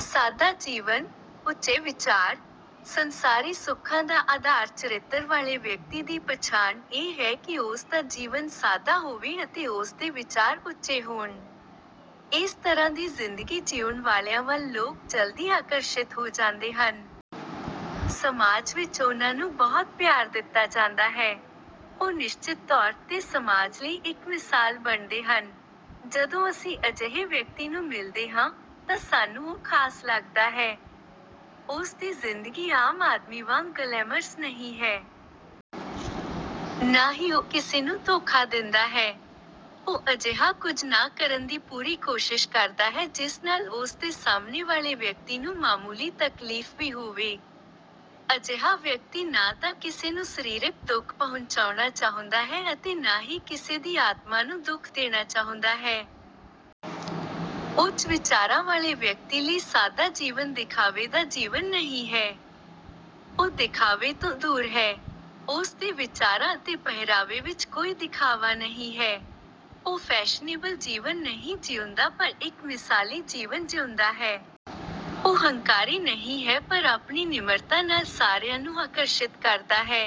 ਸਾਦਾ ਜੀਵਨ, ਉੱਚੇ ਵਿਚਾਰ, ਸੰਸਾਰੀ ਸੁੱਖਾਂ ਦਾ ਆਧਾਰ ਚਰਿੱਤਰ ਵਾਲੇ ਵਿਅਕਤੀ ਦੀ ਪਛਾਣ ਇਹ ਹੈ ਕਿ ਉਸ ਦਾ ਜੀਵਨ ਸਾਦਾ ਹੋਵੇ ਅਤੇ ਉਸ ਦੇ ਵਿਚਾਰ ਉੱਚੇ ਹੋਣ। ਇਸ ਤਰ੍ਹਾਂ ਦੀ ਜ਼ਿੰਦਗੀ ਜੀਉਣ ਵਾਲਿਆਂ ਵੱਲ ਲੋਕ ਜਲਦੀ ਆਕਰਸ਼ਿਤ ਹੋ ਜਾਂਦੇ ਹਨ। ਸਮਾਜ ਵਿੱਚ ਉਨ੍ਹਾਂ ਨੂੰ ਬਹੁਤ ਪਿਆਰ ਦਿੱਤਾ ਜਾਂਦਾ ਹੈ। ਉਹ ਨਿਸ਼ਚਿਤ ਤੌਰ 'ਤੇ ਸਮਾਜ ਲਈ ਇੱਕ ਮਿਸਾਲ ਬਣਦੇ ਹਨ। ਜਦੋਂ ਅਸੀਂ ਅਜਿਹੇ ਵਿਅਕਤੀ ਨੂੰ ਮਿਲਦੇ ਹਾਂ, ਤਾਂ ਸਾਨੂੰ ਉਹ ਖਾਸ ਲੱਗਦਾ ਹੈ। ਉਸ ਦੀ ਜ਼ਿੰਦਗੀ ਆਮ ਆਦਮੀ ਵਾਂਗ ਗਲੈਮਰਸ ਨਹੀਂ ਹੈ। ਨਾ ਹੀ ਉਹ ਕਿਸੇ ਨੂੰ ਧੋਖਾ ਦਿੰਦਾ ਹੈ। ਉਹ ਅਜਿਹਾ ਕੁਝ ਨਾ ਕਰਨ ਦੀ ਪੂਰੀ ਕੋਸ਼ਿਸ਼ ਕਰਦਾ ਹੈ ਜਿਸ ਨਾਲ ਉਸ ਦੇ ਸਾਹਮਣੇ ਵਾਲੇ ਵਿਅਕਤੀ ਨੂੰ ਮਾਮੂਲੀ ਤਕਲੀਫ ਵੀ ਹੋਵੇ। ਅਜਿਹਾ ਵਿਅਕਤੀ ਨਾ ਤਾਂ ਕਿਸੇ ਨੂੰ ਸਰੀਰਕ ਦੁੱਖ ਪਹੁੰਚਾਉਣਾ ਚਾਹੁੰਦਾ ਹੈ ਅਤੇ ਨਾ ਹੀ ਕਿਸੇ ਦੀ ਆਤਮਾ ਨੂੰ ਦੁੱਖ ਦੇਣਾ ਚਾਹੁੰਦਾ ਹੈ। ਉੱਚ ਵਿਚਾਰਾਂ ਵਾਲੇ ਵਿਅਕਤੀ ਲਈ ਸਾਦਾ ਜੀਵਨ ਦਿਖਾਵੇ ਦਾ ਜੀਵਨ ਨਹੀਂ ਹੈ। ਉਹ ਦਿਖਾਵੇ ਤੋਂ ਦੂਰ ਹੈ। ਉਸ ਦੇ ਵਿਚਾਰਾਂ ਅਤੇ ਪਹਿਰਾਵੇ ਵਿਚ ਕੋਈ ਦਿਖਾਵਾ ਨਹੀਂ ਹੈ। ਉਹ ਫੈਸ਼ਨੇਬਲ ਜੀਵਨ ਨਹੀਂ ਜੀਉਂਦਾ ਪਰ ਇੱਕ ਮਿਸਾਲੀ ਜੀਵਨ ਜਿਉਂਦਾ ਹੈ। ਉਹ ਹੰਕਾਰੀ ਨਹੀਂ ਹੈ ਪਰ ਆਪਣੀ ਨਿਮਰਤਾ ਨਾਲ ਸਾਰਿਆਂ ਨੂੰ ਆਕਰਸ਼ਿਤ ਕਰਦਾ ਹੈ।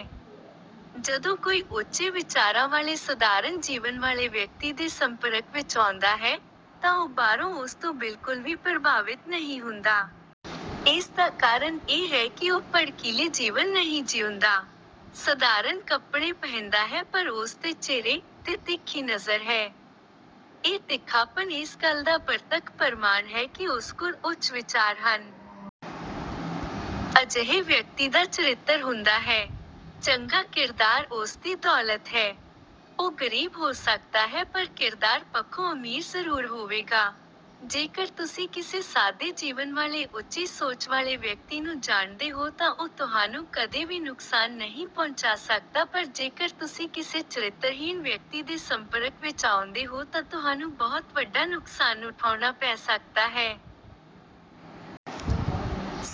ਜਦੋਂ ਕੋਈ ਉੱਚੇ ਵਿਚਾਰਾਂ ਵਾਲੇ ਸਧਾਰਨ ਜੀਵਨ ਵਾਲੇ ਵਿਅਕਤੀ ਦੇ ਸੰਪਰਕ ਵਿੱਚ ਆਉਂਦਾ ਹੈ, ਤਾਂ ਉਹ ਬਾਹਰੋਂ ਉਸ ਤੋਂ ਬਿਲਕੁਲ ਵੀ ਪ੍ਰਭਾਵਿਤ ਨਹੀਂ ਹੁੰਦਾ। ਇਸ ਦਾ ਕਾਰਨ ਇਹ ਹੈ ਕਿ ਉਹ ਭੜਕੀਲੇ ਜੀਵਨ ਨਹੀਂ ਜੀਉਂਦਾ। ਸਧਾਰਨ ਕੱਪੜੇ ਪਹਿਨਦਾ ਹੈ ਪਰ ਉਸ ਦੇ ਚਿਹਰੇ 'ਤੇ ਤਿੱਖੀ ਨਜ਼ਰ ਹੈ। ਇਹ ਤਿੱਖਾਪਣ ਇਸ ਗੱਲ ਦਾ ਪ੍ਰਤੱਖ ਪ੍ਰਮਾਣ ਹੈ ਕਿ ਉਸ ਕੋਲ ਉੱਚ ਵਿਚਾਰ ਹਨ। ਅਜਿਹੇ ਵਿਅਕਤੀ ਦਾ ਚਰਿੱਤਰ ਹੁੰਦਾ ਹੈ। ਚੰਗਾ ਕਿਰਦਾਰ ਉਸ ਦੀ ਦੌਲਤ ਹੈ। ਉਹ ਗਰੀਬ ਹੋ ਸਕਦਾ ਹੈ ਪਰ ਕਿਰਦਾਰ ਪੱਖੋਂ ਅਮੀਰ ਜ਼ਰੂਰ ਹੋਵੇਗਾ। ਜੇਕਰ ਤੁਸੀਂ ਕਿਸੇ ਸਾਦੇ ਜੀਵਨ ਵਾਲੇ ਉੱਚੀ ਸੋਚ ਵਾਲੇ ਵਿਅਕਤੀ ਨੂੰ ਜਾਣਦੇ ਹੋ ਤਾਂ ਉਹ ਤੁਹਾਨੂੰ ਕਦੇ ਵੀ ਨੁਕਸਾਨ ਨਹੀਂ ਪਹੁੰਚਾ ਸਕਦਾ ਪਰ ਜੇਕਰ ਤੁਸੀਂ ਕਿਸੇ ਚਰਿੱਤਰਹੀਣ ਵਿਅਕਤੀ ਦੇ ਸੰਪਰਕ ਵਿੱਚ ਆਉਂਦੇ ਹੋ ਤਾਂ ਤੁਹਾਨੂੰ ਬਹੁਤ ਵੱਡਾ ਨੁਕਸਾਨ ਉਠਾਉਣਾ ਪੈ ਸਕਦਾ ਹੈ।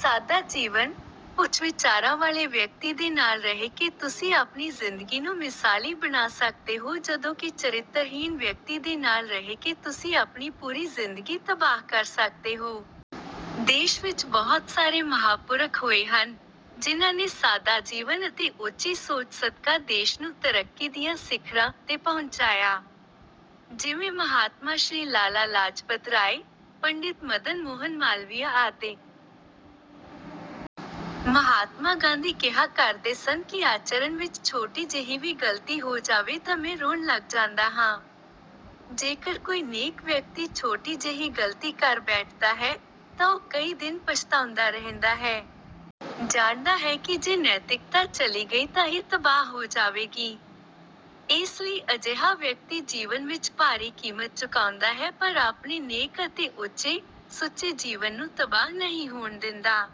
ਸਾਦਾ ਜੀਵਨ: ਉੱਚ ਵਿਚਾਰਾਂ ਵਾਲੇ ਵਿਅਕਤੀ ਦੇ ਨਾਲ ਰਹਿ ਕੇ ਤੁਸੀਂ ਆਪਣੀ ਜ਼ਿੰਦਗੀ ਨੂੰ ਮਿਸਾਲੀ ਬਣਾ ਸਕਦੇ ਹੋ ਜਦੋਂ ਕਿ ਚਰਿੱਤਰਹੀਣ ਵਿਅਕਤੀ ਦੇ ਨਾਲ ਰਹਿ ਕੇ ਤੁਸੀਂ ਆਪਣੀ ਪੂਰੀ ਜ਼ਿੰਦਗੀ ਤਬਾਹ ਕਰ ਸਕਦੇ ਹੋ। ਦੇਸ਼ ਵਿੱਚ ਬਹੁਤ ਸਾਰੇ ਮਹਾਪੁਰਖ ਹੋਏ ਹਨ, ਜਿਨ੍ਹਾਂ ਨੇ ਸਾਦਾ ਜੀਵਨ ਅਤੇ ਉੱਚੀ ਸੋਚ ਸਦਕਾ ਦੇਸ਼ ਨੂੰ ਤਰੱਕੀ ਦੀਆਂ ਸਿਖਰਾਂ 'ਤੇ ਪਹੁੰਚਾਇਆ। ਜਿਵੇਂ ਮਹਾਤਮਾ ਸ਼੍ਰੀ ਲਾਲਾ ਲਾਜਪਤ ਰਾਏ, ਪੰਡਿਤ ਮਦਨ ਮੋਹਨ ਮਾਲਵੀਆ ਆਦਿ। ਮਹਾਤਮਾ ਗਾਂਧੀ ਕਿਹਾ ਕਰਦੇ ਸਨ ਕਿ ਆਚਰਣ ਵਿੱਚ ਛੋਟੀ ਜਿਹੀ ਵੀ ਗਲਤੀ ਹੋ ਜਾਵੇ ਤਾਂ ਮੈਂ ਰੋਣ ਲੱਗ ਜਾਂਦਾ ਹਾਂ। ਜੇਕਰ ਕੋਈ ਨੇਕ ਵਿਅਕਤੀ ਛੋਟੀ ਜਿਹੀ ਗਲਤੀ ਕਰ ਬੈਠਦਾ ਹੈ, ਤਾਂ ਉਹ ਕਈ ਦਿਨ ਪਛਤਾਉਂਦਾ ਰਹਿੰਦਾ ਹੈ। ਜਾਣਦਾ ਹੈ ਕਿ ਜੇ ਨੈਤਿਕਤਾ ਚਲੀ ਗਈ ਤਾਂ ਇਹ ਤਬਾਹ ਹੋ ਜਾਵੇਗੀ। ਇਸ ਲਈ ਅਜਿਹਾ ਵਿਅਕਤੀ ਜੀਵਨ ਵਿੱਚ ਭਾਰੀ ਕੀਮਤ ਚੁਕਾਉਂਦਾ ਹੈ ਪਰ ਆਪਣੇ ਨੇਕ ਅਤੇ ਉੱਚੇ-ਸੁੱਚੇ ਜੀਵਨ ਨੂੰ ਤਬਾਹ ਨਹੀਂ ਹੋਣ ਦਿੰਦਾ।